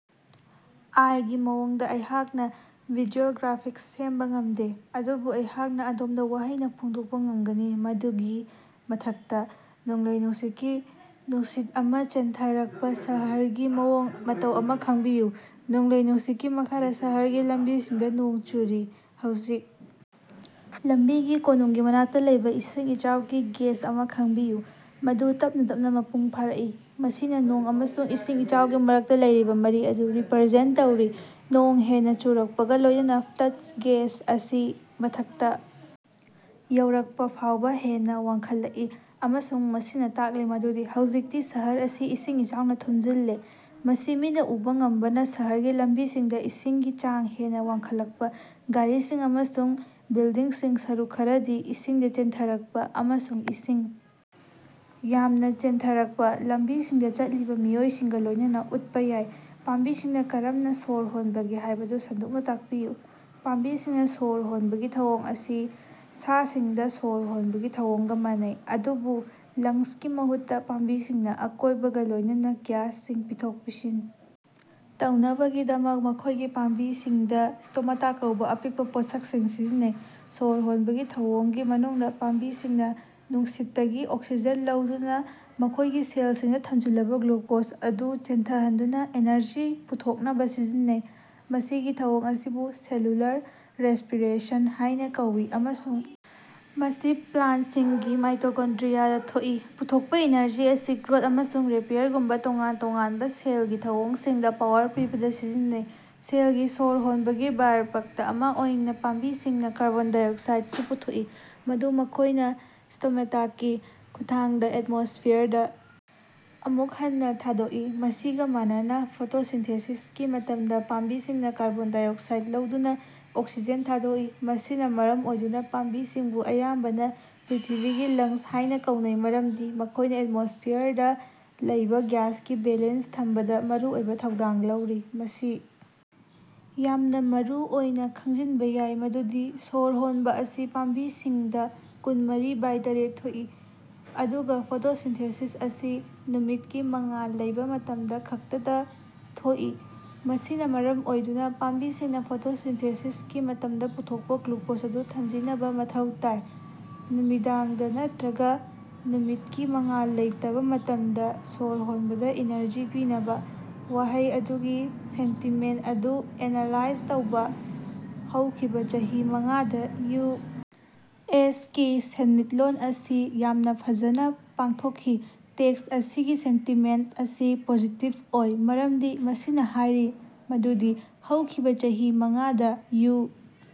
ꯑꯥꯏ. ꯒꯤ ꯃꯑꯣꯡꯗ ꯑꯩꯍꯥꯛꯅ ꯚꯤꯖꯨꯑꯦꯜ ꯒ꯭ꯔꯥꯐꯤꯛꯁ ꯁꯦꯝꯕ ꯉꯝꯗꯦ꯫ ꯑꯗꯨꯕꯨ ꯑꯩꯍꯥꯛꯅ ꯑꯗꯣꯝꯗ ꯋꯥꯍꯩꯅ ꯐꯣꯡꯗꯣꯛꯄ ꯉꯝꯒꯅꯤ꯫ ꯃꯗꯨꯒꯤ ꯃꯊꯛꯇ ꯅꯣꯡꯂꯩ-ꯅꯨꯡꯁꯤꯠꯀꯤ ꯅꯨꯡꯁꯤꯠ ꯑꯃꯥ ꯆꯦꯟꯊꯔꯛꯄꯥ ꯁꯍꯔꯒꯤ ꯃꯑꯣꯡ ꯃꯇꯧ ꯑꯃ ꯈꯪꯕꯤꯌꯨ꯫ ꯅꯣꯡꯂꯩ ꯅꯨꯡꯁꯤꯠꯀꯤ ꯃꯈꯥꯗ ꯁꯍꯔꯒꯤ ꯂꯝꯕꯤꯁꯤꯡꯗ ꯅꯣꯡ ꯆꯨꯔꯤ꯫ ꯍꯧꯖꯤꯛ, ꯂꯝꯕꯤꯒꯤ ꯀꯣꯅꯨꯡꯒꯤ ꯃꯅꯥꯛꯇ ꯂꯩꯕ ꯏꯁꯤꯡ ꯏꯆꯥꯎꯒꯤ ꯒꯦꯖ ꯑꯃ ꯈꯪꯕꯤꯌꯨ, ꯃꯗꯨ ꯇꯞꯅꯥ ꯇꯞꯅꯥ ꯃꯄꯨꯡ ꯐꯥꯔꯛꯏ, ꯃꯁꯤꯅꯥ ꯅꯣꯡ ꯑꯃꯁꯨꯡ ꯏꯁꯤꯡ ꯏꯆꯥꯎꯒꯤ ꯃꯔꯛꯇ ꯂꯩꯔꯤꯕ ꯃꯔꯤ ꯑꯗꯨ ꯔꯤꯄꯔꯖꯦꯟꯇ ꯇꯧꯔꯤ꯫ ꯅꯣꯡ ꯍꯦꯟꯅꯥ ꯆꯨꯔꯛꯄꯒ ꯂꯣꯏꯅꯅꯥ ꯐ꯭ꯂꯗ ꯒꯦꯖ ꯑꯁꯤ ꯃꯊꯛꯇ ꯌꯧꯔꯛꯄ ꯐꯥꯎꯕꯥ ꯍꯦꯟꯅ ꯋꯥꯡꯈꯠꯂꯛꯏ ꯑꯃꯁꯨꯡ ꯃꯁꯤꯅ ꯇꯥꯛꯂꯤ ꯃꯗꯨꯗꯤ ꯍꯧꯖꯤꯛꯇꯤ ꯁꯍꯔ ꯑꯁꯤ ꯏꯁꯤꯡ ꯏꯆꯥꯎꯅ ꯊꯨꯝꯖꯤꯜꯂꯦ꯫ ꯃꯁꯤ ꯃꯤꯠꯅꯥ ꯎꯕꯥ ꯉꯝꯅꯕꯥ ꯁꯍꯔꯒꯤ ꯂꯝꯕꯤꯁꯤꯡꯗ ꯏꯁꯤꯡꯒꯤ ꯆꯥꯡ ꯍꯦꯟꯅ ꯋꯥꯡꯈꯠꯂꯛꯄ, ꯒꯥꯔꯤꯁꯤꯡ ꯑꯃꯁꯨꯡ ꯕꯤꯜꯗꯤꯡꯁꯤꯡ ꯁꯔꯨꯛ ꯈꯔꯗꯤ ꯏꯁꯤꯡꯗ ꯆꯦꯟꯊꯔꯛꯄ, ꯑꯃꯁꯨꯡ ꯏꯁꯤꯡ ꯌꯥꯝꯅ ꯆꯦꯟꯊꯔꯛꯄ ꯂꯝꯕꯤꯁꯤꯡꯗ ꯆꯠꯂꯤꯕ ꯃꯤꯑꯣꯏꯁꯤꯡꯒ ꯂꯣꯏꯅꯅꯥ ꯎꯠꯄ ꯌꯥꯏ꯫ ꯄꯥꯝꯕꯤꯁꯤꯡꯅ ꯀꯔꯝꯅ ꯁꯣꯔ ꯍꯣꯟꯕꯒꯦ ꯍꯥꯏꯕꯗꯨ ꯁꯟꯗꯣꯛꯅ ꯇꯥꯛꯄꯤꯌꯨ꯫ ꯄꯥꯝꯕꯤꯁꯤꯡꯅ ꯁꯣꯔ ꯍꯣꯟꯕꯒꯤ ꯊꯧꯑꯣꯡ ꯑꯁꯤ ꯁꯥꯁꯤꯡꯗꯥ ꯁꯣꯔ ꯍꯣꯟꯕꯒꯤ ꯊꯧꯑꯣꯡꯒ ꯃꯥꯟꯅꯩ, ꯑꯗꯨꯕꯨ ꯂꯪꯁꯀꯤ ꯃꯍꯨꯠꯇꯥ, ꯄꯥꯝꯕꯤꯁꯤꯡꯅ ꯑꯀꯣꯏꯕꯒ ꯂꯣꯏꯅꯅꯥ ꯒ꯭ꯌꯥꯁꯁꯤꯡ ꯄꯤꯊꯣꯛ-ꯄꯤꯁꯤꯟ ꯇꯧꯅꯕꯒꯤꯗꯃꯛ ꯃꯈꯣꯏꯒꯤ ꯄꯥꯝꯕꯤꯁꯤꯡꯗ ꯁ꯭ꯇꯣꯃꯇꯥ ꯀꯧꯕ ꯑꯄꯤꯛꯄ ꯄꯣꯠꯁꯛꯁꯤꯡ ꯁꯤꯖꯤꯟꯅꯩ꯫ ꯁꯣꯔ ꯍꯣꯟꯕꯒꯤ ꯊꯧꯑꯣꯡꯒꯤ ꯃꯅꯨꯡꯗꯥ, ꯄꯥꯝꯕꯤꯁꯤꯡꯅꯥ ꯅꯨꯡꯁꯤꯠꯇꯒꯤ ꯑꯣꯛꯁꯤꯖꯦꯟ ꯂꯧꯗꯨꯅ ꯃꯈꯣꯏꯒꯤ ꯁꯦꯜꯁꯤꯡꯗꯥ ꯊꯝꯖꯤꯜꯂꯕꯥ ꯒ꯭ꯂꯨꯀꯣꯖ ꯑꯗꯨ ꯆꯦꯟꯊꯍꯟꯗꯨꯅꯥ ꯑꯦꯅꯔꯖꯤ ꯄꯨꯊꯣꯛꯅꯕꯥ ꯁꯤꯖꯤꯟꯅꯩ꯫ ꯃꯁꯤꯒꯤ ꯊꯧꯑꯣꯡ ꯑꯁꯤꯕꯨ ꯁꯦꯜꯂꯨꯂꯔ ꯔꯦꯁ꯭ꯄꯤꯔꯦꯁꯟ ꯍꯥꯏꯅ ꯀꯧꯏ ꯑꯃꯁꯨꯡ ꯃꯁꯤ ꯄ꯭ꯂꯥꯟꯇ ꯁꯤꯡꯒꯤ ꯃꯥꯏꯇꯣꯀꯣꯟꯗ꯭ꯔꯤꯌꯥꯗ ꯊꯣꯛꯏ꯫ ꯄꯨꯊꯣꯛꯄꯥ ꯏꯅꯔꯖꯤ ꯑꯁꯤ ꯒ꯭ꯔꯣꯊ ꯑꯃꯁꯨꯡ ꯔꯤꯄꯦꯌꯔꯒꯨꯝꯕꯥ ꯇꯣꯉꯥꯟ ꯇꯣꯉꯥꯟꯕ ꯁꯦꯜꯒꯤ ꯊꯧꯑꯣꯡꯁꯤꯡꯗ ꯄꯥꯋꯔ ꯄꯤꯕꯗ ꯁꯤꯖꯤꯟꯅꯩ꯫ ꯁꯦꯜꯒꯤ ꯁꯣꯔ ꯍꯣꯟꯕꯒꯤ ꯕꯥꯏꯔꯄꯛꯇ ꯑꯃ ꯑꯣꯏꯅ, ꯄꯥꯝꯕꯤꯁꯤꯡꯅ ꯀꯥꯔꯕꯣꯟ ꯗꯥꯏꯑꯣꯛꯁꯥꯏꯗꯁꯨ ꯄꯨꯊꯣꯛꯏ, ꯃꯗꯨ ꯃꯈꯣꯏꯅ ꯁ꯭ꯇꯣꯃꯦꯇꯀꯤ ꯈꯨꯠꯊꯥꯡꯗ ꯑꯦꯠꯃꯣꯁ꯭ꯐꯤꯌꯔꯗ ꯑꯃꯨꯛ ꯍꯟꯅꯥ ꯊꯥꯗꯣꯛꯏ꯫ ꯃꯁꯤꯒ ꯃꯥꯟꯅꯅꯥ ꯐꯣꯇꯣꯁꯤꯟꯊꯦꯁꯤꯁꯀꯤ ꯃꯇꯝꯗ ꯄꯥꯝꯕꯤꯁꯤꯡꯅ ꯀꯥꯔꯕꯣꯟ ꯗꯥꯏꯑꯣꯛꯁꯥꯏꯗ ꯂꯧꯗꯨꯅ ꯑꯣꯛꯁꯤꯖꯦꯟ ꯊꯥꯗꯣꯛꯏ꯫ ꯃꯁꯤꯅ ꯃꯔꯝ ꯑꯣꯏꯗꯨꯅ ꯄꯥꯝꯕꯤꯁꯤꯡꯕꯨ ꯑꯌꯥꯝꯕꯅ "ꯄ꯭ꯔꯤꯊꯤꯕꯤꯒꯤ ꯂꯪꯁ" ꯍꯥꯏꯅ ꯀꯧꯅꯩ, ꯃꯔꯝꯗꯤ ꯃꯈꯣꯏꯅ ꯑꯦꯠꯃꯣꯁ꯭ꯐꯤꯌꯔꯗ ꯂꯩꯕ ꯒ꯭ꯌꯥꯁꯀꯤ ꯕꯦꯂꯦꯟꯁ ꯊꯝꯕꯗ ꯃꯔꯨꯑꯣꯏꯕ ꯊꯧꯗꯥꯡ ꯂꯧꯔꯤ꯫ ꯃꯁꯤ ꯌꯥꯝꯅ ꯃꯔꯨꯑꯣꯏꯅ ꯈꯪꯖꯤꯟꯕ ꯌꯥꯏ ꯃꯗꯨꯗꯤ ꯁꯣꯔ ꯍꯣꯟꯕꯥ ꯑꯁꯤ ꯄꯥꯝꯕꯤꯁꯤꯡꯗ ꯀꯨꯟꯃꯔꯤ ꯕꯥꯏ ꯇꯔ‌ꯦꯠ ꯊꯣꯛꯏ, ꯑꯗꯨꯒ ꯐꯣꯇꯣꯁꯤꯟꯊꯦꯁꯤꯁ ꯑꯁꯤ ꯅꯨꯃꯤꯠꯀꯤ ꯃꯉꯥꯜ ꯂꯩꯕ ꯃꯇꯝꯗ ꯈꯛꯇꯗꯥ ꯊꯣꯛꯏ꯫ ꯃꯁꯤꯅ ꯃꯔꯝ ꯑꯣꯏꯗꯨꯅ ꯄꯥꯝꯕꯤꯁꯤꯡꯅ ꯐꯣꯇꯣꯁꯤꯟꯊꯦꯁꯤꯁꯀꯤ ꯃꯇꯝꯗꯥ ꯄꯨꯊꯣꯛꯄꯥ ꯒ꯭ꯂꯨꯀꯣꯖ ꯑꯗꯨ ꯊꯝꯖꯤꯅꯕ ꯃꯊꯧ ꯇꯥꯏ, ꯅꯨꯃꯤꯗꯥꯡꯗ ꯅꯠꯇꯔꯒ ꯅꯨꯃꯤꯠꯀꯤ ꯃꯉꯥꯜ ꯂꯩꯇꯕꯥ ꯃꯇꯝꯗ ꯁꯣꯔ ꯍꯣꯟꯕꯗ ꯏꯅꯔꯖꯤ ꯄꯤꯅꯕꯥ꯫ ꯋꯥꯍꯩ ꯑꯗꯨꯒꯤ ꯁꯦꯟꯇꯤꯃꯦꯟꯇ ꯑꯗꯨ ꯑꯦꯅꯥꯂꯥꯏꯖ ꯇꯧꯕ꯫ ꯍꯧꯈꯤꯕ ꯆꯍꯤ ꯃꯉꯥꯗ ꯌꯨ. ꯑꯦꯁ. ꯀꯤ ꯁꯦꯟꯃꯤꯠꯂꯣꯟ ꯑꯁꯤ ꯌꯥꯝꯅ ꯐꯖꯅ ꯄꯥꯡꯊꯣꯛꯈꯤ꯫ ꯇꯦꯛꯁ ꯑꯁꯤꯒꯤ ꯁꯦꯟꯇꯤꯃꯦꯟꯇ ꯑꯁꯤ ꯄꯣꯖꯤꯇꯤꯕ ꯑꯣꯏ, ꯃꯔꯝꯗꯤ ꯃꯁꯤꯅ ꯍꯥꯏꯔꯤ ꯃꯗꯨꯗꯤ ꯍꯧꯈꯤꯕ ꯆꯍꯤ ꯃꯉꯥꯗ ꯌꯨ